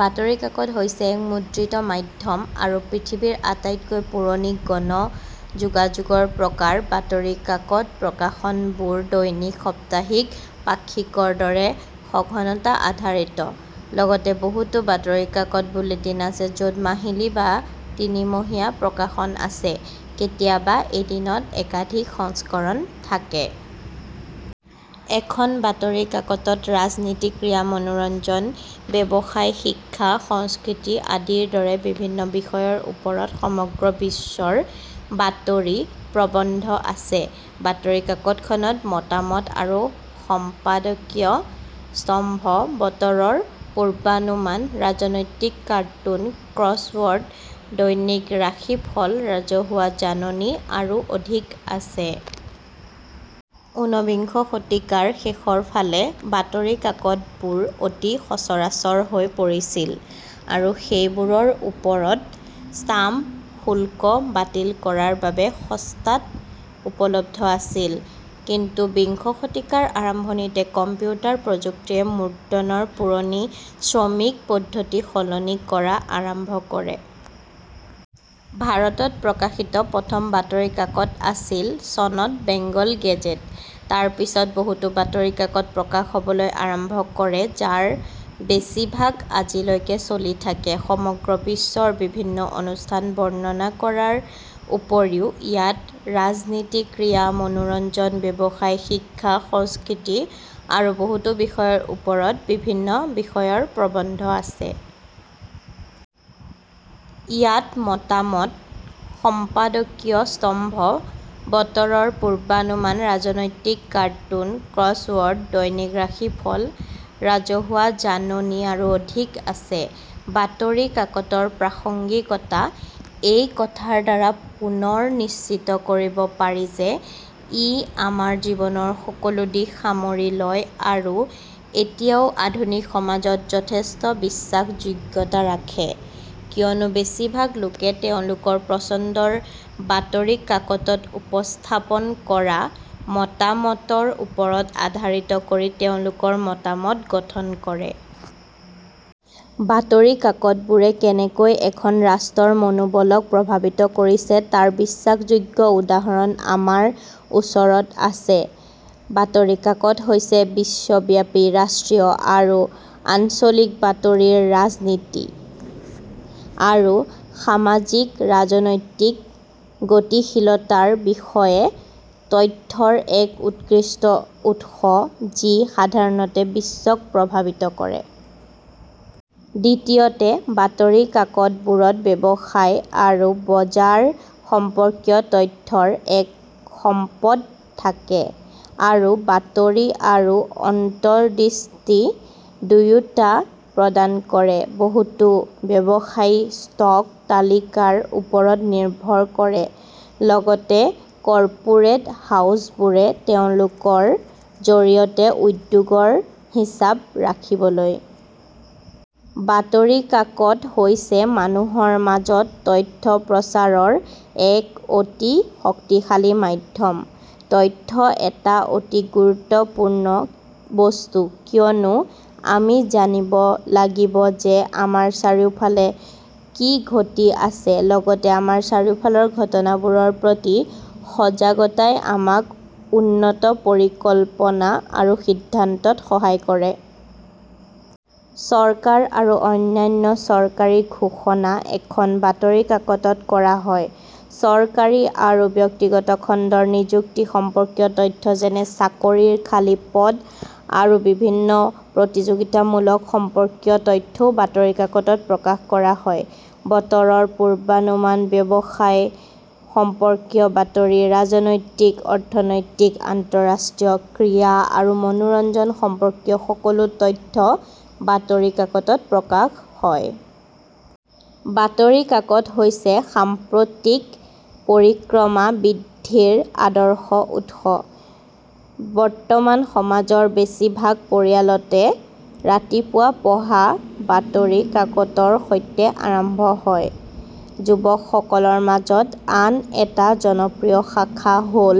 বাতৰি কাকত হৈছে এক মুদ্ৰিত মাধ্যম আৰু পৃথিৱীৰ আটাইতকৈ পুৰণি গণ যোগাযোগৰ প্ৰকাৰ। বাতৰি কাকতপ্ৰকাশনবোৰ দৈনিক, সাপ্তাহিক, পাক্ষিকৰ দৰে সঘনতা-আধাৰিত। লগতে, বহুতো বাতৰি কাকত বুলেটিন আছে য'ত মাহিলী বা তিনিমহীয়া প্ৰকাশন আছে। কেতিয়াবা এদিনত একাধিক সংস্কৰণ থাকে। এখন বাতৰি কাকতত ৰাজনীতি, ক্ৰীড়া, মনোৰঞ্জন, ব্যৱসায়, শিক্ষা, সংস্কৃতি আদিৰ দৰে বিভিন্ন বিষয়ৰ ওপৰত সমগ্ৰ বিশ্বৰ বাতৰি প্ৰৱন্ধ আছে। বাতৰি কাকতখনত মতামত আৰু সম্পাদকীয় স্তম্ভ, বতৰৰ পূৰ্বানুমান, ৰাজনৈতিক কাৰ্টুন, ক্ৰছৱৰ্ড, দৈনিক ৰাশিফল, ৰাজহুৱা জাননী আৰু অধিক আছে। উনবিংশ শতিকাৰ শেষৰ ফালে, বাতৰি কাকতবোৰ অতি সচৰাচৰ হৈ পৰিছিল আৰু সেইবোৰৰ ওপৰত ষ্টাম্প শুল্ক বাতিল কৰাৰ বাবে সস্তাত উপলব্ধ আছিল। কিন্তু, বিংশ শতিকাৰ আৰম্ভণিতে, কম্পিউটাৰ প্ৰযুক্তিয়ে মুদ্ৰণৰ পুৰণি শ্ৰমিক পদ্ধতিসলনি কৰা আৰম্ভ কৰে। ভাৰতত প্ৰকাশিত প্ৰথম বাতৰি কাকতআছিল চনত বেংগল গেজেট। তাৰ পিছত বহুতো বাতৰি কাকত প্ৰকাশ হ'বলৈ আৰম্ভ কৰে, যাৰ বেছিভাগ আজিলৈকে চলি থাকে। সমগ্ৰ বিশ্বৰ বিভিন্ন অনুষ্ঠান বৰ্ণনা কৰাৰ উপৰিও, ইয়াত ৰাজনীতি, ক্ৰীড়া, মনোৰঞ্জন, ব্যৱসায়, শিক্ষা, সংস্কৃতি আৰু বহুতো বিষয়ৰ ওপৰত বিভিন্ন বিষয়ৰ প্ৰবন্ধ আছে। ইয়াত মতামত, সম্পাদকীয় স্তম্ভ, বতৰৰ পূৰ্বানুমান, ৰাজনৈতিক কাৰ্টুন, ক্ৰছৱৰ্ড, দৈনিক ৰাশিফল, ৰাজহুৱা জাননী আৰু অধিক আছে। বাতৰি কাকতৰ প্ৰাসংগিকতা এই কথাৰ দ্বাৰা পুনৰ নিশ্চিত কৰিব পাৰি যে ই আমাৰ জীৱনৰ সকলো দিশ সামৰি লয় আৰু এতিয়াও আধুনিক সমাজত যথেষ্ট বিশ্বাসযোগ্যতা ৰাখে, কিয়নো বেছিভাগ লোকে তেওঁলোকৰ পচন্দৰ বাতৰি কাকতত উপস্থাপন কৰা মতামতৰ ওপৰত আধাৰিত কৰি তেওঁলোকৰ মতামত গঠন কৰে। বাতৰি কাকতবোৰে কেনেকৈ এখন ৰাষ্ট্ৰৰ মনোবলক প্ৰভাৱিত কৰিছে তাৰ বিশ্বাসযোগ্য উদাহৰণ আমাৰ ওচৰত আছে। বাতৰি কাকত হৈছে বিশ্বব্যাপী, ৰাষ্ট্ৰীয় আৰু আঞ্চলিক বাতৰিৰ ৰাজনীতি আৰু সামাজিক-ৰাজনৈতিক গতিশীলতাৰ বিষয়ে তথ্যৰ এক উৎকৃষ্ট উৎস যি সাধাৰণতে বিশ্বক প্ৰভাৱিত কৰে। দ্বিতীয়তে, বাতৰি কাকতবোৰত ব্যৱসায় আৰু বজাৰ সম্পৰ্কীয় তথ্যৰ এক সম্পদ থাকে আৰু বাতৰি আৰু অন্তৰ্দৃষ্টি দুয়োটা প্ৰদান কৰে, বহুতো ব্যৱসায়ী ষ্টক তালিকাৰ ওপৰত নিৰ্ভৰ কৰে, লগতে কৰ্পোৰেট হাউচবোৰে তেওঁলোকৰ জৰিয়তে উদ্যোগৰ হিচাপ ৰাখিবলৈ। বাতৰি কাকত হৈছে মানুহৰ মাজত তথ্য প্ৰচাৰৰ এক অতি শক্তিশালী মাধ্যম। তথ্য এটা অতি গুৰুত্বপূৰ্ণ বস্তু কিয়নো আমি জানিব লাগিব যে আমাৰ চাৰিওফালে কি ঘটি আছে। লগতে, আমাৰ চাৰিওফালৰ ঘটনাবোৰৰ প্ৰতি সজাগতাই আমাক উন্নত পৰিকল্পনা আৰু সিদ্ধান্তত সহায় কৰে। চৰকাৰ আৰু অন্যান্য চৰকাৰী ঘোষণা এখন বাতৰি কাকতত কৰা হয়। চৰকাৰী আৰু ব্যক্তিগত খণ্ডৰ নিযুক্তি সম্পৰ্কীয় তথ্য যেনে চাকৰিৰ খালী পদ আৰু বিভিন্ন প্ৰতিযোগিতামূলক সম্পৰ্কীয় তথ্যও বাতৰি কাকতত প্ৰকাশ কৰা হয়। বতৰৰ পূৰ্বানুমান, ব্যৱসায় সম্পৰ্কীয় বাতৰি, ৰাজনৈতিক, অৰ্থনৈতিক, আন্তঃৰাষ্ট্ৰীয়, ক্ৰীড়া আৰু মনোৰঞ্জন সম্পৰ্কীয় সকলো তথ্য বাতৰি কাকতত প্ৰকাশ কৰা হয়। বাতৰি কাকত হৈছে সাম্প্ৰতিক পৰিক্ৰমা বৃদ্ধিৰ আদৰ্শ উৎস। বৰ্তমান সমাজৰ বেছিভাগ পৰিয়ালতে, ৰাতিপুৱা পঢ়া বাতৰি কাকতৰ সৈতে আৰম্ভ হয়। যুৱকসকলৰ মাজত আন এটা জনপ্ৰিয় শাখা হ'ল